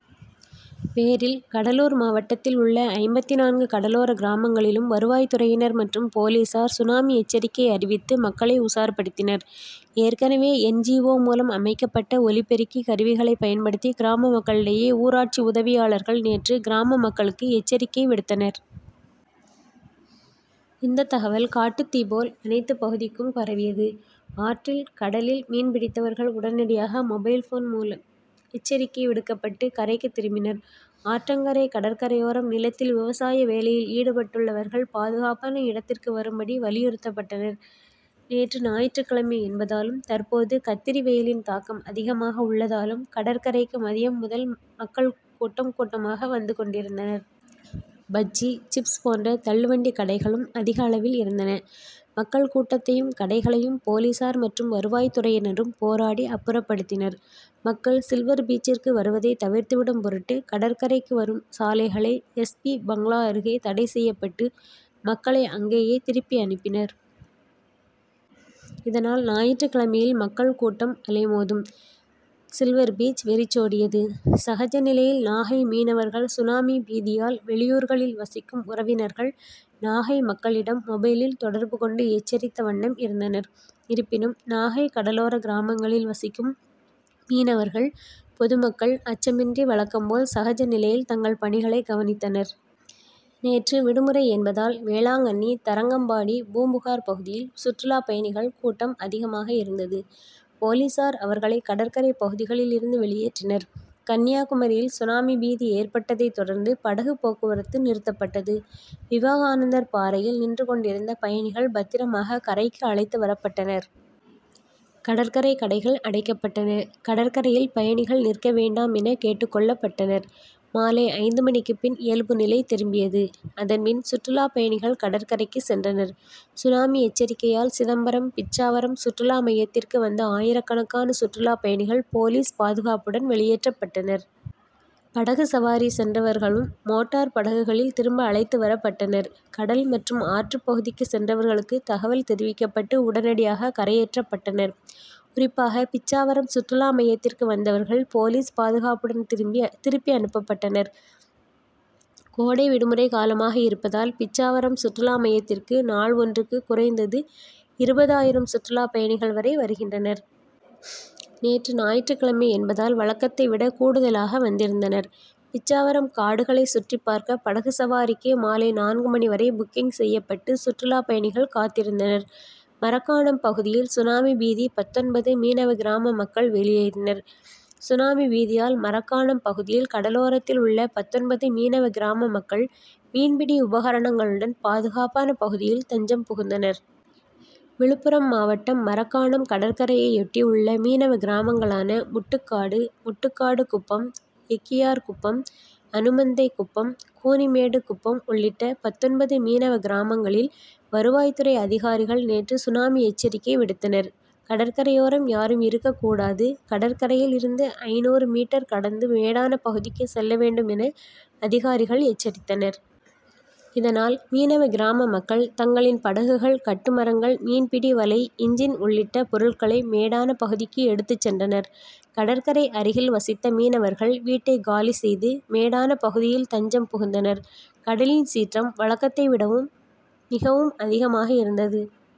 பேரில் கடலூர் மாவட்டத்தில் உள்ள ஐம்பத்தி நான்கு கடலோர கிராமங்களிலும் வருவாய்த் துறையினர் மற்றும் போலீசார் சுனாமி எச்சரிக்கை அறிவித்து மக்களை உஷார்படுத்தினர். ஏற்கனவே என். ஜி. ஓ. மூலம் அமைக்கப்பட்ட ஒலிப்பெருக்கி கருவிகளைப் பயன்படுத்தி கிராம மக்களிடையே ஊராட்சி உதவியாளர்கள் நேற்று கிராம மக்களுக்கு எச்சரிக்கை விடுத்தனர். இந்த தகவல் காட்டுத்தீ போல் அனைத்துப் பகுதிக்கும் பரவியது. ஆற்றில் கடலில் மீன் பிடித்தவர்கள் உடனடியாக மொபைல் போன் மூலம் எச்சரிக்கை விடுக்கப்பட்டு கரைக்குத் திரும்பினர். ஆற்றங்கரை கடற்கரையோரம் நிலத்தில் விவசாய வேலையில் ஈடுபட்டுள்ளவர்கள் பாதுகாப்பான இடத்திற்கு வருமாறு வலியுறுத்தப்பட்டனர். நேற்று ஞாயிற்றுக் கிழமை என்பதாலும் தற்போது கத்திரி வெயிலின் தாக்கம் அதிகமாக உள்ளதாலும் கடற்கரைக்கு மதியம் முதல் மக்கள் கூட்டம் கூட்டமாக வந்து கொண்டிருந்தனர். பஜ்ஜி சிப்ஸ் போன்ற தள்ளு வண்டி கடைகளும் அதிக அளவில் இருந்தன. மக்கள் கூட்டத்தையும் கடைகளையும் போலீசார் மற்றும் வருவாய்த் துறையினரும் போராடி அப்புறப்படுத்தினர். மக்கள் சில்வர் பீச்சிற்கு வருவதை தவிர்த்திடும் பொருட்டு கடற்கரைக்கு வரும் சாலைகளை எஸ். பி. பங்களா அருகே தடை செய்யப்பட்டு மக்களை அங்கேயே திருப்பி அனுப்பினர். இதனால் ஞாயிற்றுக் கிழமையில் மக்கள் கூட்டம் அலைமோதும் சில்வர் பீச் வெறிச்சோடியது. சகஜ நிலையில் நாகை மீனவர்கள் சுனாமி பீதியால் வெளியூர்களில் வசிக்கும் உறவினர்கள் நாகை மக்களிடம் மொபைலில் தொடர்பு கொண்டு எச்சரித்த வண்ணம் இருந்தனர். இருப்பினும் நாகை கடலோர கிராமங்களில் வசிக்கும் மீனவர்கள் பொதுமக்கள் அச்சமின்றி வழக்கம் போல் சகஜ நிலையில் தங்கள் பணிகளை கவனித்தனர். நேற்று விடுமுறை என்பதால் வேளாங்கண்ணி தரங்கம்பாடி பூம்புகார் பகுதியில் சுற்றுலாப் பயணிகள் கூட்டம் அதிகமாக இருந்தது. போலீசார் அவர்களை கடற்கரை பகுதிகளில் இருந்து வெளியேற்றினர். கன்னியாகுமரியில் சுனாமி பீதி ஏற்பட்டதை தொடர்ந்து படகு போக்குவரத்து நிறுத்தப்பட்டது. விவேகானந்தர் பாறையில் நின்று கொண்டிருந்த பயணிகள் பத்திரமாக கரைக்கு அழைத்து வரப்பட்டனர். கடற்கரை கடைகள் அடைக்கப்பட்டன. கடற்கரையில் பயணிகள் நிற்க வேண்டாம் என கேட்டுக் கொள்ளப்பட்டனர். மாலை ஐந்து மணிக்கு பின் இயல்புநிலை திரும்பியது. அதன்பின் சுற்றுலாப் பயணிகள் கடற்கரைக்கு சென்றனர். சுனாமி எச்சரிக்கையால் சிதம்பரம் பிச்சாவரம் சுற்றுலா மையத்திற்கு வந்த ஆயிரக்கணக்கான சுற்றுலாப் பயணிகள் போலீஸ் பாதுகாப்புடன் வெளியேற்றப்பட்டனர். படகு சவாரி சென்றவர்களும் மோட்டார் படகுகளில் திரும்ப அழைத்து வரப்பட்டனர். கடல் மற்றும் ஆற்றுப் பகுதிக்கு சென்றவர்களுக்குத் தகவல் தெரிவிக்கப்பட்டு உடனடியாக கரையேற்றப்பட்டனர். குறிப்பாக பிச்சாவரம் சுற்றுலா மையத்திற்கு வந்தவர்கள் போலீஸ் பாதுகாப்புடன் திருப்பி அனுப்பப்பட்டனர். கோடை விடுமுறை காலமாக இருப்பதால் பிச்சாவரம் சுற்றுலா மையத்திற்கு நாள் ஒன்றுக்கு குறைந்தது இருபது ஆயிரம் சுற்றுலாப் பயணிகள் வரை வருகின்றனர். நேற்று ஞாயிற்று கிழமை என்பதால் வழக்கத்தை விட கூடுதலாக வந்திருந்தனர். பிச்சாவரம் காடுகளை சுற்றிப் பார்க்க படகு சவாரிக்கு மாலை நான்கு மணி வரை புக்கிங் செய்யப்பட்டு சுற்றுலா பயணிகள் காத்திருந்தனர். மரக்காணம் பகுதியில் சுனாமி பீதி பத்தொன்பது மீனவ கிராம மக்கள் வெளியேறினர் சுனாமி பீதியால் மரக்காணம் பகுதியில் கடலோரத்தில் உள்ள பத்தொன்பது மீனவ கிராம மக்கள் மீன்பிடி உபகரணங்களுடன் பாதுகாப்பான பகுதியில் தஞ்சம் புகுந்தனர். விழுப்புரம் மாவட்டம் மரக்காணம் கடற்கரையையொட்டி உள்ள மீனவ கிராமங்களான முட்டுக்காடு முட்டுக்காடு குப்பம் எக்கியார்குப்பம் அனுமந்தை குப்பம் கூனிமேடு குப்பம் உள்ளிட்ட பத்தொன்பது மீனவ கிராமங்களில் வருவாய்த் துறை அதிகாரிகள் நேற்று சுனாமி எச்சரிக்கை விடுத்தனர். கடற்கரையோரம் யாரும் இருக்கக் கூடாது கடற்கரையில் இருந்து ஐநூறு மீட்டர் கடந்து மேடான பகுதிக்கு செல்ல வேண்டும் என அதிகாரிகள் எச்சரித்தனர். இதனால் மீனவ கிராம மக்கள் தங்களின் படகுகள் கட்டுமரங்கள் மீன்பிடி வலை இன்ஜின் உள்ளிட்ட பொருட்களை மேடான பகுதிக்கு எடுத்துச் சென்றனர். கடற்கரை அருகில் வசித்த மீனவர்கள் வீட்டை காலி செய்து மேடான பகுதியில் தஞ்சம் புகுந்தனர். கடலின் சீற்றம் வழக்கத்தைவிடவும் மிகவும் அதிகமாக இருந்தது.